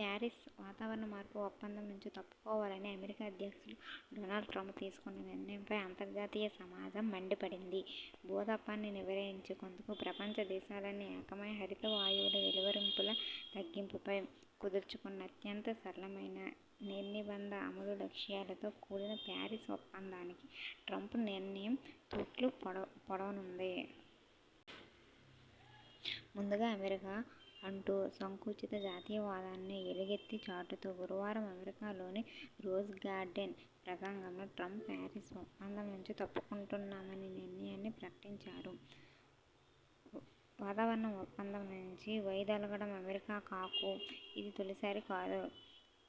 Paris 'వాతావరణ మార్పు' ఒప్పందం నుంచి తప్పుకోవాలని అమెరికా అధ్యక్షుడు డోనాల్డ్ ట్రంప్ తీసుకున్న నిర్ణయంపై అంతర్జాతీయ సమాజం మండిపడింది. భూతాపాన్ని నివారించేందుకు ప్రపంచ దేశాలన్నీ ఏకమై హరిత వాయువుల వెలువరింపుల తగ్గింపుపై కుదుర్చుకున్న అత్యంత సరళమైన, నిర్నిబంధ అమలు లక్ష్యాలతో కూడిన ప్యారిస్ ఒప్పందానికి ట్రంప్ నిర్ణయం తూట్లు పొడవనుంది. 'ముందుగా అమెరికా ' అంటూ సంకుచిత జాతీయవాదాన్ని ఎలుగెత్తి చాటుతూ గురువారం అమెరికాలోని రోజ్ గార్డెన్ ప్రసంగంలో ట్రంప్ ప్యారిస్ ఒప్పందం నుంచి తప్పుకుంటున్నామనే నిర్ణయాన్ని ప్రకటించారు. వాతావరణ ఒప్పందం నుంచి వైదొలగడం అమెరికాకు ఇది తొలిసారి కాదు.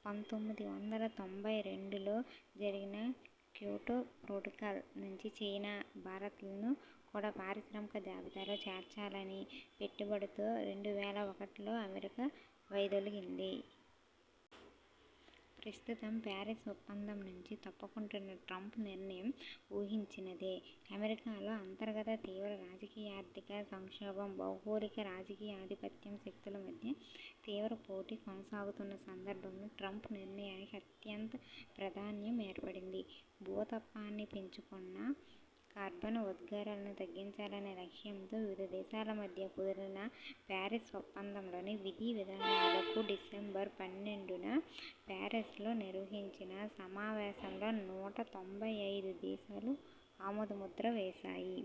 పంతొమ్మిది వందల తొంభై రెండులో జరిగిన క్యోటో ప్రొటోకాల్ నుంచి చైనా, భారత్లను కూడా పారిశ్రామిక జాబితాలో చేర్చాలని పట్టుబడుతూ రెండు వేల ఒకటిలో అమెరికా వైదొలగింది. ప్రస్తుతం ప్యారిస్ ఒప్పందం నుంచి తప్పుకుంటున్న ట్రంప్ నిర్ణయం ఊహించినదే. అమెరికాలో అంతర్గత తీవ్ర రాజకీయార్థిక సంక్షోభం, భౌగోళిక రాజకీయాధిపత్య శక్తుల మధ్య తీవ్ర పోటీ కొనసాగుతున్న సందర్భంలో ట్రంప్ నిర్ణయానికి అత్యంత ప్రాధాన్యం ఏర్పడింది. భూతాపాన్ని పెంచుతున్న కర్బన ఉద్గారాలను తగ్గించాలనే లక్ష్యంతో వివిధ దేశాల మధ్య కుదిరిన పారిస్ ఒప్పందంలోని విధివిధానాలకు డిసెంబరు పన్నెండున ప్యారిస్లో నిర్వహించిన సమావేశంలో నూట తొంభై ఐదు దేశాలు ఆమోదముద్ర వేశాయి.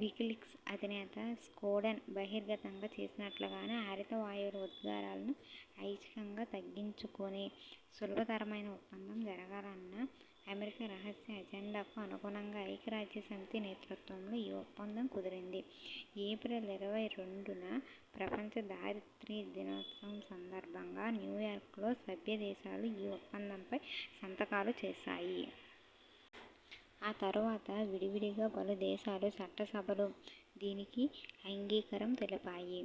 వికీలీక్స్ అధినేత స్నోడెన్ బహిర్గతం చేసినట్లుగానే హరిత వాయువుల ఉద్గారాలను ఐచ్ఛికంగా తగ్గించుకునే సులభతరమైన ఒప్పందం జరగాలన్న అమెరికా రహస్య అజెండాకు అనుగుణంగా ఐక్యరాజ్యసమితి నేతృత్వంలో ఈ ఒప్పందం కుదిరింది. ఏప్రిల్ ఇరవై రెండున ప్రపంచ దారిత్రి దినోత్సవం సందర్భంగా న్యూయార్క్లో సభ్యదేశాలు ఈ ఒప్పందంపై సంతకాలు చేశాయి. ఆ తర్వాత విడివిడిగా పలుదేశాల చట్టసభలు దీనికి అంగీకారం తెలిపాయి.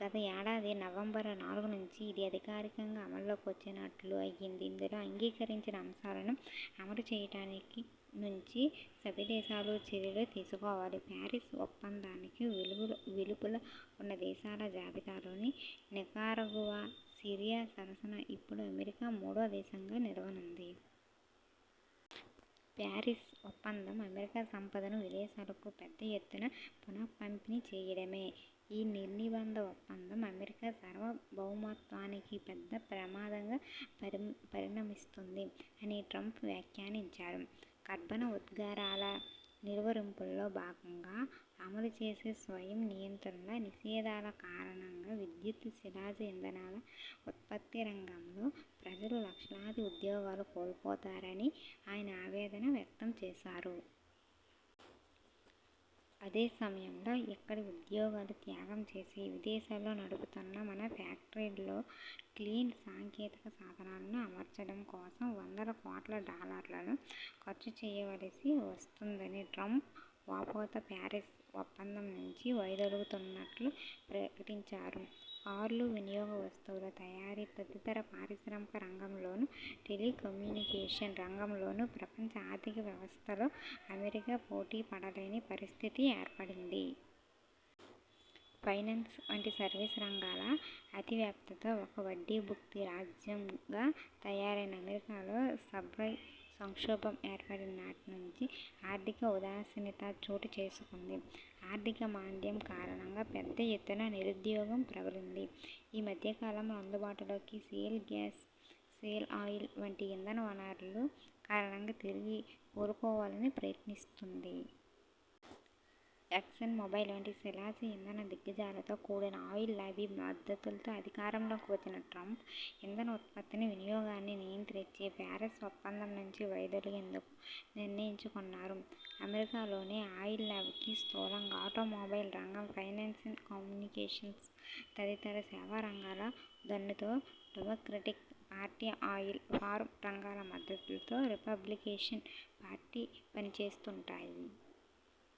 గత ఏడాది నవంబరు నాలుగు నుంచి ఇది అధికారికంగా అమల్లోకి వచ్చినట్లు అయింది. ఇందులో అంగీకరించిన అంశాలను అమలు చేయటానికి నుంచి సభ్యదేశాలు చర్యలు తీసుకోవాలి. ప్యారిస్ ఒప్పందానికి వెలుగులో వెలుపల ఉన్న దేశాల జాబితాలో నికరాగువా, సిరియా సరసన ఇప్పుడు అమెరికా మూడో దేశంగా నిలవనుంది. 'ప్యారిస్ ఒప్పందం అమెరికా సంపదను విదేశాలకు పెద్ద ఎత్తున పునఃపంపిణీ చేయడమే. ఈ నిర్నిబంధ ఒప్పందం అమెరికా సార్వభౌమత్వానికి పెద్ద ప్రమాదంగా పరిమ పరిణమిస్తుంది' అని ట్రంప్ వ్యాఖ్యానించారు. కర్బన ఉద్గారాల నిలువరింపుల్లో భాగంగా అమలు చేసే స్వయం నియంత్రణలు, నిషేధాల కారణంగా విద్యుత్, శిలాజ ఇంధనాల ఉత్పత్తి రంగంలో ప్రజలు లక్షలాది ఉద్యోగాలు కోల్పోతారని ఆయన ఆవేదన వ్యక్తం చేశారు. అదే సమయంలో ఇక్కడి ఉద్యోగాలు త్యాగం చేసి విదేశాల్లో నడుపుతున్న మన ఫ్యాక్టరీల్లో క్లీన్ సాంకేతిక సాధనాలను అమర్చడం కోసం వందల కోట్ల డాలర్లను ఖర్చు చేయవలసి వస్తోందని ట్రంప్ వాపోతూ ప్యారిస్ ఒప్పందం నుంచి వైదొలగుతున్నట్లు ప్రకటించారు. కార్లు, వినియోగ వస్తువుల తయారీ తదితర పారిశ్రామిక రంగంలోనూ, టెలికమ్యూనికేషన్ రంగంలోనూ ప్రపంచ ఆర్థిక వ్యవస్థలో అమెరికా పోటీ పడలేని పరిస్థితి ఏర్పడింది. ఫైనాన్స్ వంటి సర్వీసు రంగాల అతి వ్యాప్తితో ఒక 'వడ్డీభుక్త' రాజ్యం గా తయారైన అమెరికాలో సబ్ప్రైం సంక్షోభం ఏర్పడిన నాటి నుంచి ఆర్థిక ఉదాసీనత చోటుచేసుకుంది. ఆర్థిక మాంద్యం కారణంగా పెద్ద ఎత్తున నిరుద్యోగం ప్రబలింది. ఈ మధ్యకాలంలో అందుబాటులోకి షేల్ గ్యాస్, షేల్ ఆయిల్ వంటి ఇంధన వనరుల కారణంగా తిరిగి కోలుకోవాలని ప్రయత్నిస్తోంది. ఎక్సాన్ మొబైల్ వంటి శిలాజ ఇంధన దిగ్గజాలతో కూడిన ఆయిల్ లాబీ మద్దతుతో అధికారంలోకి వచ్చిన ట్రంప్ ఇంధన ఉత్పత్తిని, వినియోగాన్ని నియంత్రించే ప్యారిస్ ఒప్పందం నుంచి వైదొలగేందుకు నిర్ణయించుకున్నారు. అమెరికాలోని ఆయిల్ లాబీకి, స్థూలంగా ఆటోమొబైల్ రంగం, ఫైనాన్స్, కమ్యూనికేషన్స్ తదితర సేవా రంగాల దన్నుతో డెమొక్రటిక్ పార్టీ ఆయిల్, ఫార్మా రంగాల మద్దతుతో రిపబ్లికన్ పార్టీ పనిచేస్తుంటాయి.